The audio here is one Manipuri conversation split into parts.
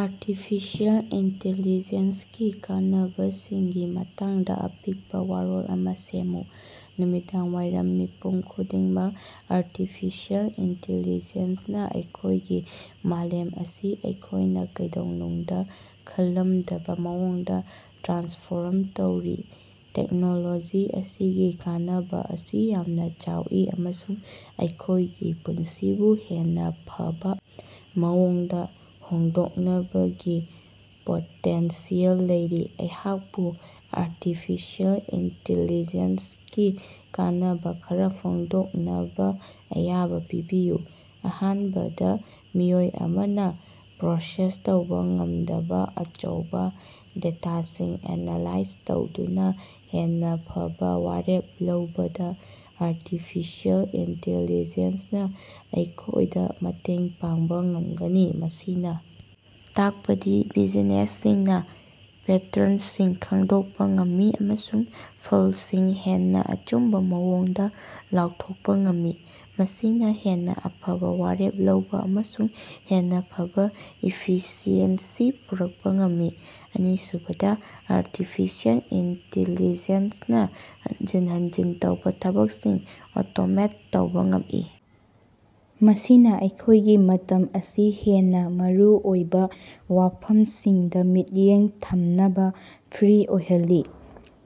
ꯑꯥꯔꯇꯤꯐꯤꯁꯤꯑꯦꯜ ꯏꯟꯇꯦꯂꯤꯖꯦꯟꯁꯀꯤ ꯀꯥꯟꯅꯕꯁꯤꯡꯒꯤ ꯃꯇꯥꯡꯗ ꯑꯄꯤꯛꯄ ꯋꯥꯔꯣꯜ ꯑꯃ ꯁꯦꯝꯃꯨ꯫ ꯅꯨꯃꯤꯗꯥꯡꯋꯥꯏꯔꯝ ꯃꯤꯄꯨꯝ ꯈꯨꯗꯤꯡꯃꯛ, ꯑꯥꯔꯇꯤꯐꯤꯁꯤꯑꯦꯜ ꯏꯟꯇꯤꯂꯤꯖꯦꯟꯁꯅꯥ ꯑꯩꯈꯣꯌꯒꯤ ꯃꯥꯂꯦꯝ ꯑꯁꯤ ꯑꯩꯈꯣꯌꯅ ꯀꯩꯗꯧꯅꯨꯡꯗ ꯈꯜꯂꯝꯗꯕ ꯃꯑꯣꯡꯗ ꯇ꯭ꯔꯥꯟꯁꯐꯣꯔꯝ ꯇꯧꯔꯤ꯫ ꯇꯦꯛꯅꯣꯂꯣꯖꯤ ꯑꯁꯤꯒꯤ ꯀꯥꯟꯅꯕ ꯑꯁꯤ ꯌꯥꯝꯅ ꯆꯥꯎꯏ ꯑꯃꯁꯨꯡ ꯑꯩꯈꯣꯌꯒꯤ ꯄꯨꯟꯁꯤꯕꯨ ꯍꯦꯟꯅ ꯐꯕ ꯃꯑꯣꯡꯗ ꯍꯣꯡꯗꯣꯛꯅꯕꯒꯤ ꯄꯣꯇꯦꯟꯁꯤꯌꯦꯜ ꯂꯩꯔꯤ꯫ ꯑꯩꯍꯥꯛꯄꯨ ꯑꯥꯔꯇꯤꯐꯤꯁꯤꯑꯦꯜ ꯏꯟꯇꯤꯂꯤꯖꯦꯟꯁꯒꯤ ꯀꯥꯟꯅꯕ ꯈꯔ ꯐꯣꯡꯗꯣꯛꯅꯕ ꯑꯌꯥꯕ ꯄꯤꯕꯤꯌꯨ꯫ ꯑꯍꯥꯟꯕꯗ, ꯃꯤꯑꯣꯏ ꯑꯃꯅ ꯄ꯭ꯔꯣꯁꯦꯁ ꯇꯧꯕ ꯉꯝꯗꯕ ꯑꯆꯧꯕ ꯗꯦꯇꯥꯁꯤꯡ ꯑꯦꯅꯥꯂꯥꯏꯖ ꯇꯧꯗꯨꯅ ꯍꯦꯟꯅ ꯐꯕ ꯋꯥꯔꯦꯞ ꯂꯧꯕꯗ ꯑꯥꯔꯇꯤꯐꯤꯁꯤꯑꯦꯜ ꯏꯟꯇꯤꯂꯤꯖꯦꯟꯁꯅꯥ ꯑꯩꯈꯣꯌꯗ ꯃꯇꯦꯡ ꯄꯥꯡꯕ ꯉꯝꯒꯅꯤ꯫ ꯃꯁꯤꯅ ꯇꯥꯛꯄꯗꯤ ꯕꯤꯖꯤꯅꯦꯁꯁꯤꯡꯅ ꯄꯦꯇꯔꯟꯁꯤꯡ ꯈꯪꯗꯣꯛꯄ ꯉꯝꯃꯤ ꯑꯃꯁꯨꯡ ꯐꯜꯁꯤꯡ ꯍꯦꯟꯅ ꯑꯆꯨꯝꯕ ꯃꯑꯣꯡꯗ ꯂꯥꯎꯊꯣꯛꯄ ꯉꯝꯃꯤ, ꯃꯁꯤꯅ ꯍꯦꯟꯅ ꯐꯕ ꯋꯥꯔꯦꯞ ꯂꯧꯕ ꯑꯃꯁꯨꯡ ꯍꯦꯟꯅ ꯐꯕ ꯏꯐꯤꯁꯤꯑꯦꯟꯁꯤ ꯄꯨꯔꯛꯄ ꯉꯝꯃꯤ꯫ ꯑꯅꯤꯁꯨꯕꯗꯥ, ꯑꯥꯔꯇꯤꯐꯤꯁꯤꯑꯦꯜ ꯏꯟꯇꯤꯂꯤꯖꯦꯟꯁꯅꯥ ꯍꯟꯖꯤꯟ ꯍꯟꯖꯤꯟ ꯇꯧꯕ ꯊꯕꯛꯁꯤꯡ ꯑꯣꯇꯣꯃꯦꯠ ꯇꯧꯕ ꯉꯝꯃꯤ, ꯃꯁꯤꯅ ꯑꯩꯈꯣꯏꯒꯤ ꯃꯇꯝ ꯑꯁꯤ ꯍꯦꯟꯅ ꯃꯔꯨꯑꯣꯏꯕ ꯋꯥꯐꯝꯁꯤꯡꯗ ꯃꯤꯠꯌꯦꯡ ꯊꯝꯅꯕ ꯐ꯭ꯔꯤ ꯑꯣꯏꯍꯜꯂꯤ꯫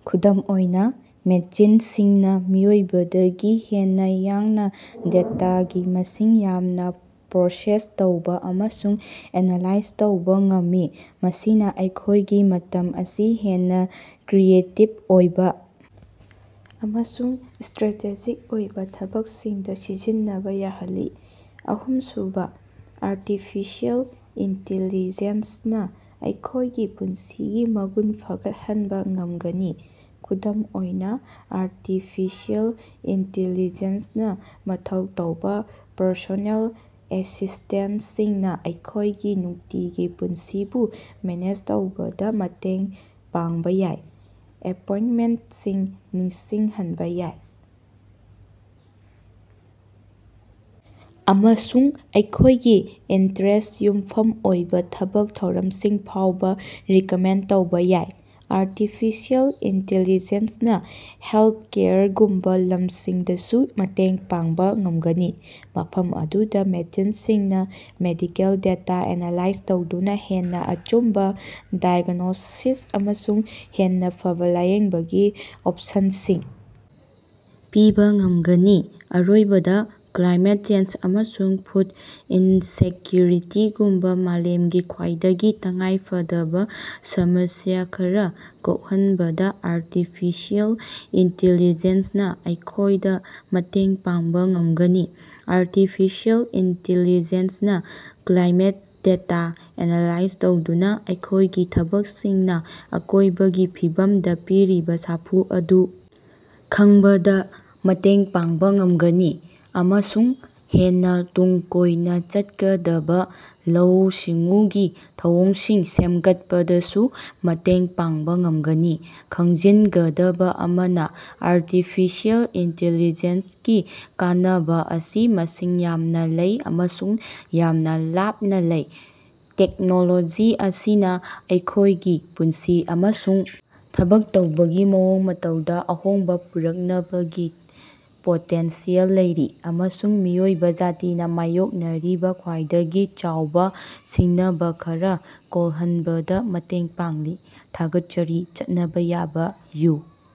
ꯈꯨꯗꯝ ꯑꯣꯏꯅ, ꯃꯦꯆꯤꯟꯁꯤꯡꯅ ꯃꯤꯑꯣꯏꯕꯗꯒꯤ ꯍꯦꯟꯅ ꯌꯥꯡꯅ ꯗꯦꯇꯥꯒꯤ ꯃꯁꯤꯡ ꯌꯥꯝꯅ ꯄ꯭ꯔꯣꯁꯦꯁ ꯇꯧꯕ ꯑꯃꯁꯨꯡ ꯑꯦꯅꯥꯂꯥꯏꯖ ꯇꯧꯕ ꯉꯝꯃꯤ, ꯃꯁꯤꯅ ꯑꯩꯈꯣꯏꯒꯤ ꯃꯇꯝ ꯑꯁꯤ ꯍꯦꯟꯅ ꯀ꯭ꯔꯤꯌꯦꯇꯤꯕ ꯑꯣꯏꯕ ꯑꯃꯁꯨꯡ ꯁ꯭ꯇꯔꯦꯇꯦꯖꯤꯛ ꯑꯣꯏꯕ ꯊꯕꯛꯁꯤꯡꯗ ꯁꯤꯖꯤꯟꯅꯕ ꯌꯥꯍꯜꯂꯤ꯫ ꯑꯍꯨꯝꯁꯨꯕ, ꯑꯥꯔꯇꯤꯐꯤꯁꯤꯑꯦꯜ ꯏꯟꯇꯤꯂꯤꯖꯦꯟꯁꯅꯥ ꯑꯩꯈꯣꯏꯒꯤ ꯄꯨꯟꯁꯤꯒꯤ ꯃꯒꯨꯟ ꯐꯒꯠꯍꯟꯕ ꯉꯝꯒꯅꯤ꯫ ꯈꯨꯗꯝ ꯑꯣꯏꯅ, ꯑꯥꯔꯇꯤꯐꯤꯁꯤꯑꯦꯜ ꯏꯟꯇꯤꯂꯤꯖꯦꯟꯁꯅꯥ ꯃꯊꯧ ꯇꯧꯕ ꯄꯔꯁꯣꯅꯦꯜ ꯑꯦꯁꯤꯁ꯭ꯇꯦꯟꯇꯁꯤꯡꯅ ꯑꯩꯈꯣꯏꯒꯤ ꯅꯨꯡꯇꯤꯒꯤ ꯄꯨꯟꯁꯤꯕꯨ ꯃꯦꯅꯦꯖ ꯇꯧꯕꯗ ꯃꯇꯦꯡ ꯄꯥꯡꯕ ꯌꯥꯏ, ꯑꯦꯄꯣꯏꯟꯇꯃꯦꯟꯇꯁꯤꯡ ꯅꯤꯡꯁꯤꯡꯍꯟꯕ ꯌꯥꯏ, ꯑꯃꯁꯨꯡ ꯑꯩꯈꯣꯏꯒꯤ ꯏꯟꯇꯔꯦꯁ꯭ꯇ ꯌꯨꯝꯐꯝ ꯑꯣꯏꯕ ꯊꯕꯛ ꯊꯧꯔꯝꯁꯤꯡ ꯐꯥꯑꯣꯕ ꯔꯤꯀꯃꯦꯟꯗ ꯇꯧꯕ ꯌꯥꯏ꯫ ꯑꯥꯔꯇꯤꯐꯤꯁꯤꯑꯦꯜ ꯏꯟꯇꯤꯂꯤꯖꯦꯟꯁꯅꯥ ꯍꯦꯜꯊꯀꯦꯌꯔꯒꯨꯝꯕ ꯂꯝꯁꯤꯡꯗꯁꯨ ꯃꯇꯦꯡ ꯄꯥꯡꯕ ꯉꯝꯒꯅꯤ, ꯃꯐꯝ ꯑꯗꯨꯗ ꯃꯦꯆꯤꯟꯁꯤꯡꯅ ꯃꯦꯗꯤꯀꯦꯜ ꯗꯦꯇꯥ ꯑꯦꯅꯥꯂꯥꯏꯖ ꯇꯧꯗꯨꯅ ꯍꯦꯟꯅ ꯑꯆꯨꯝꯕ ꯗꯥꯏꯒ꯭ꯅꯣꯁꯤꯁ ꯑꯃꯁꯨꯡ ꯍꯦꯟꯅ ꯐꯕ ꯂꯥꯌꯦꯡꯕꯒꯤ ꯑꯣꯄꯁꯟꯁꯤꯡ ꯄꯤꯕ ꯉꯝꯒꯅꯤ꯫ ꯑꯔꯣꯏꯕꯗ, ꯀ꯭ꯂꯥꯏꯃꯦꯠ ꯆꯦꯟꯖ ꯑꯃꯁꯨꯡ ꯐꯨꯗ ꯏꯟꯁꯦꯛꯌꯨꯔꯤꯇꯤꯒꯨꯝꯕ ꯃꯥꯂꯦꯝꯒꯤ ꯈ꯭ꯋꯥꯏꯗꯒꯤ ꯇꯉꯥꯏꯐꯗꯕ ꯁꯃꯁ꯭ꯌ ꯈꯔ ꯀꯣꯛꯍꯟꯕꯗ ꯑꯥꯔꯇꯤꯐꯤꯁꯤꯑꯦꯜ ꯏꯟꯇꯤꯂꯤꯖꯦꯟꯁꯅꯥ ꯑꯩꯈꯣꯌꯗ ꯃꯇꯦꯡ ꯄꯥꯡꯕ ꯉꯝꯒꯅꯤ꯫ ꯑꯥꯔꯇꯤꯐꯤꯁꯤꯑꯦꯜ ꯏꯟꯇꯤꯂꯤꯖꯦꯟꯁꯅꯥ ꯀ꯭ꯂꯥꯏꯃꯦꯠ ꯗꯦꯇꯥ ꯑꯦꯅꯥꯂꯥꯏꯖ ꯇꯧꯗꯨꯅ ꯑꯩꯈꯣꯌꯒꯤ ꯊꯕꯛꯁꯤꯡꯅ ꯑꯀꯣꯌꯕꯒꯤ ꯐꯤꯕꯝꯗ ꯄꯤꯔꯤꯕ ꯁꯥꯐꯨ ꯑꯗꯨ ꯈꯪꯕꯗ ꯃꯇꯦꯡ ꯄꯥꯡꯕ ꯉꯝꯒꯅꯤ, ꯑꯃꯁꯨꯡ ꯍꯦꯟꯅ ꯇꯨꯡ ꯀꯣꯏꯅ ꯆꯠꯀꯗꯕ ꯂꯧꯎ-ꯁꯤꯡꯎꯒꯤ ꯊꯧꯑꯣꯡꯁꯤꯡ ꯁꯦꯝꯒꯠꯄꯗꯁꯨ ꯃꯇꯦꯡ ꯄꯥꯡꯕ ꯉꯝꯒꯅꯤ꯫ ꯈꯪꯖꯤꯟꯒꯗꯕ ꯑꯃꯅ, ꯑꯥꯔꯇꯤꯐꯤꯁꯤꯑꯦꯜ ꯏꯟꯇꯤꯂꯤꯖꯦꯟꯁꯒꯤ ꯀꯥꯟꯅꯕ ꯑꯁꯤ ꯃꯁꯤꯡ ꯌꯥꯝꯅ ꯂꯩ ꯑꯃꯁꯨꯡ ꯌꯥꯝꯅ ꯂꯥꯞꯅ ꯂꯩ꯫ ꯇꯦꯛꯅꯣꯂꯣꯖꯤ ꯑꯁꯤꯅ ꯑꯩꯈꯣꯌꯒꯤ ꯄꯨꯟꯁꯤ ꯑꯃꯁꯨꯡ ꯊꯕꯛ ꯇꯧꯕꯒꯤ ꯃꯑꯣꯡ ꯃꯇꯧꯗ ꯑꯍꯣꯡꯕ ꯄꯨꯔꯛꯅꯕꯒꯤ ꯄꯣꯇꯦꯟꯁꯤꯌꯦꯜ ꯂꯩꯔꯤ, ꯑꯃꯁꯨꯡ ꯃꯤꯑꯣꯏꯕ ꯖꯥꯇꯤꯅ ꯃꯥꯌꯣꯛꯅꯔꯤꯕ ꯈ꯭ꯋꯥꯏꯗꯒꯤ ꯆꯥꯎꯕ ꯁꯤꯡꯅꯕ ꯈꯔ ꯀꯣꯜꯍꯟꯕꯗ ꯃꯇꯦꯡ ꯄꯥꯡꯂꯤ꯫ ꯊꯥꯒꯠꯆꯔꯤ ꯆꯠꯅꯕ ꯌꯥꯕ ꯌꯨ